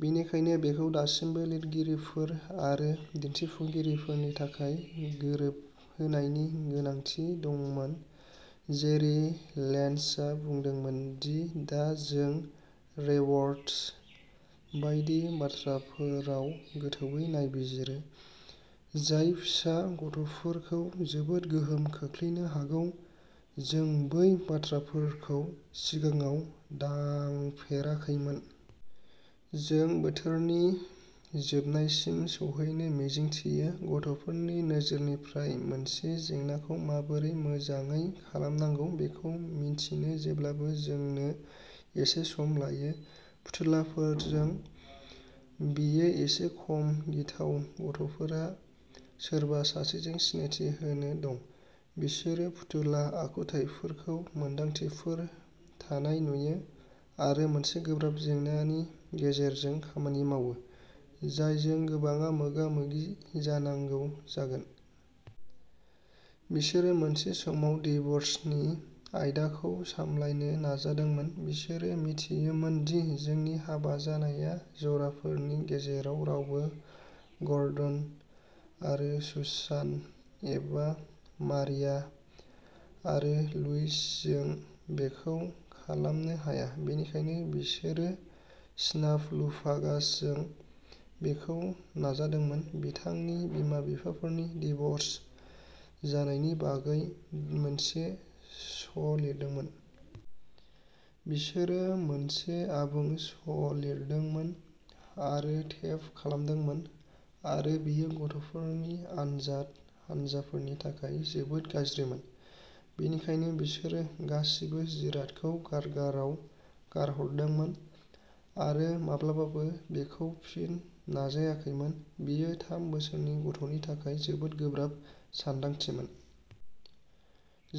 बेनिखायनो, बेखौ दासिमबो लिरगिरिफोर आरो दिन्थिफुंगिरिफोरनि थाखाय गोरोबहोनायनि गोनांथि दंमोन। जेरि नेल्सना बुंदोंमोन दि दा जों डिव'र्स बायदि बाथ्राफोराव गोथौवै नायबिजिरो, जाय फिसा गथ'फोरखौ जोबोद गोहोम खोख्लैनो हागौ। जों बै बाथ्राफोरखौ सिगाङाव दांफेराखैमोन। जों बोथोरनि जोबनायसिम सौहैनो मिजिंथियो। गथ'फोरनि नोजोरनिफ्राय मोनसे जेंनाखौ माबोरै मोजाङै खालामनांगौ बेखौ मिन्थिनो जेब्लाबो जोंनो एसे सम लायो फुथुलाफोरजों, बेयो एसे खम गिथाव गथ'फोरहा सोरबा सासेजों सिनायथि होनो दं। बिसोरो फुथुला आखुथाइफोरखौ मोन्दांथिफोर थानाय नुयो आरो मोनसे गोब्राब जेंनानि गेजेरजों खामानि मावो, जायजों गोबांआ मोगा-मोगि जानांगौ जागोन। बिसोरो मोनसे समाव डिव'र्सनि आयदाखौ सामलायनो नाजादोंमोन। बिसोरो मिथियोमोन दि जोंनि हाबा जानाय जराफोरनि गेजेराव रावबो गर्डन आरो सुसान एबा मारिया आरो लुइस जों बेखौ खालामनो हाया, बेनिखायनो बिसोरो स्नाफलुपागासजों बेखौ नाजादोंमोन, बिथांनि बिमा-बिफाफोरनि डिव'र्स जानायनि बागै मोनसे श'लिरदोंमोन। बिसोरो मोनसे आबुं श'लिरदोंमोन आरो टेप खालामदोंमोन आरो बेयो गथ'फोरनि आनजाद हानजाफोरनि थाखाय जोबोद गाज्रिमोन। बेनिखायनो बिसोरो गासिबो जिरादखौ गारगाराव गारहरदोंमोन आरो माब्लाबाबो बेखौ फिन नाजायाखैमोन। बेयो थाम बोसोरनि गथ'नि थाखाय जोबोद गोब्राब सानदांथिमोन।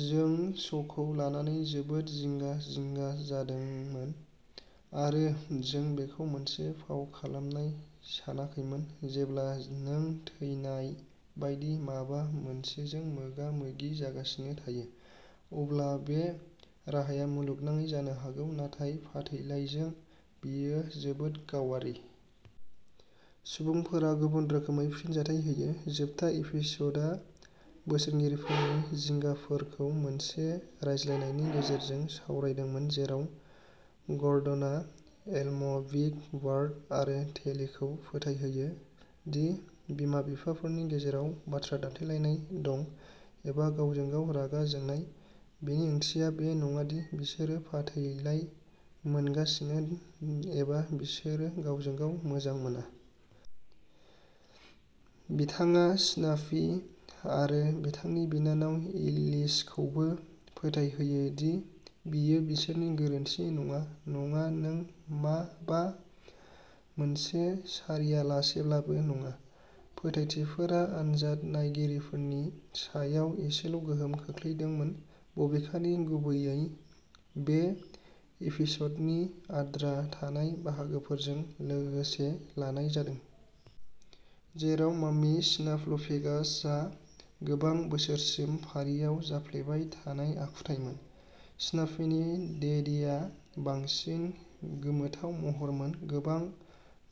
जों श'खौ लानानै जोबोद जिंगा-जिंगा जादोंमोन आरो जों बेखौ मोनसे फाव खालामनाय सानाखैमोन। जेब्ला नों थैनाय बायदि माबा मोनसेजों मोगा-मोगि जागासिनो थायो, अब्ला बे राहाया मुलुगनाङै जानो हागौ। नाथाय फाथैलाइजों, बेयो जोबोद गावारि। सुबुंफोरा गुबुन रोखोमै फिनजाथाय होयो। जोबथा एपिस'डआ बोसोनगिरिफोरनि जिंगाफोरखौ मोनसे रायज्लायनायनि गेजेरजों सावरायदोंमोन जेराव ग'र्डनआ एल्म', बिग बार्ड आरो टेलीखौ फोथायहोयो दि बिमा-बिफाफोरनि गेजेराव बाथ्रा दान्थेलायनाय दं, एबा गावजों-गाव रागा जोंनाय, बेनि ओंथिया बे नङा दि बिसोरो फाथैलाइ मोनगासिनो एबा बिसोरो गावजों-गाव मोजां मोना। बिथाङा स्नाफी आरो बिथांनि बिनानाव एलिसखौबो फोथायहोयो दि बेयो बिसोरनि गोरोन्थि नङा, नङा, नों माबा मोनसे सारियालासेब्लाबो नङा। फोथायथिफोरा आनजाद नायगिरिफोरनि सायाव एसेल' गोहोम खोख्लैदोंमोन, बबेखानि, गुबैयै। बे एपिस'डनि आद्रा थानाय बाहागोफोरजों लोगोसे लानाय जादों। जेराव मम्मी स्नाफलुपेगासआ गोबां बोसोरसिम फारिआव जाफ्लेबाय थानाय आखुथायमोन, स्नाफीनि डेडीआ बांसिन गोमोथाव महरमोन, गोबां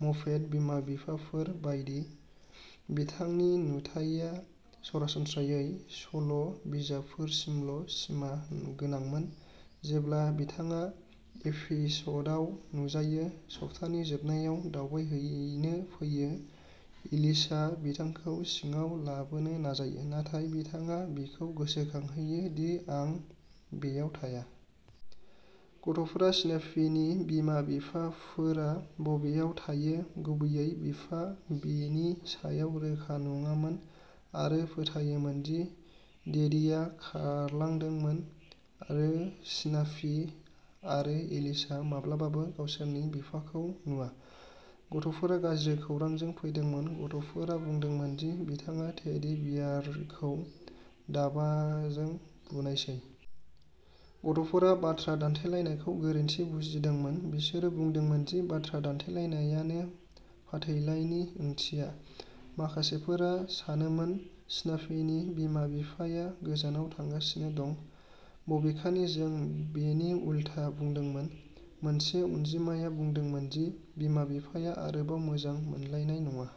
मपेट बिमा-बिफाफोर बायदि, बिथांनि नुथाया सरासनस्रायै सल' बिजाबफोरसिमल' सिमा गोनांमोन। जेब्ला बिथाङा एपिस'डआव नुजायो, सप्तानि जोबनायाव दावबायहैनो फैयो, एलिसआ बिथांखौ सिङाव लाबोनो नाजायो, नाथाय बिथाङा बिखौ गोसोखांहोयो दि आं बेयाव थाया। गथ'फोरा स्नाफीनि बिमा-बिफाफोरा बबेहाय थायो, गुबैयै बिफा, बेनि सायाव रोखा नङामोन आरो फोथायोमोन दि डेडीआ खारलांदोंमोन आरो स्नाफी आरो एलिसआ माब्लाबाबो गावसोरनि बिफाखौ नुवा। गथ'फोरा गाज्रि खौरांजों फैदोंमोन गथ'फोरा बुंदोंमोन दि बिथाङा टेडी बियारखौ दाबाजों बुनायसै। गथ'फोरा बाथ्रा दान्थेलायनायखौ गोरोन्थि बुजिदोंमोन। बिसोरो बुंदोंमोन दि बाथ्रा दान्थेलायनायानो फाथैलाइनि ओंथिया। माखासेफोरा सानोमोन स्नाफीनि बिमा-बिफाया गोजानाव थांगासिनो दं, बबेखानि जों बेनि उल्था बुंदोंमोन। मोनसे अनजिमाया बुंदोंमोन दि बिमा-बिफाया आरोबाव मोजां मोनलायनाय नङा।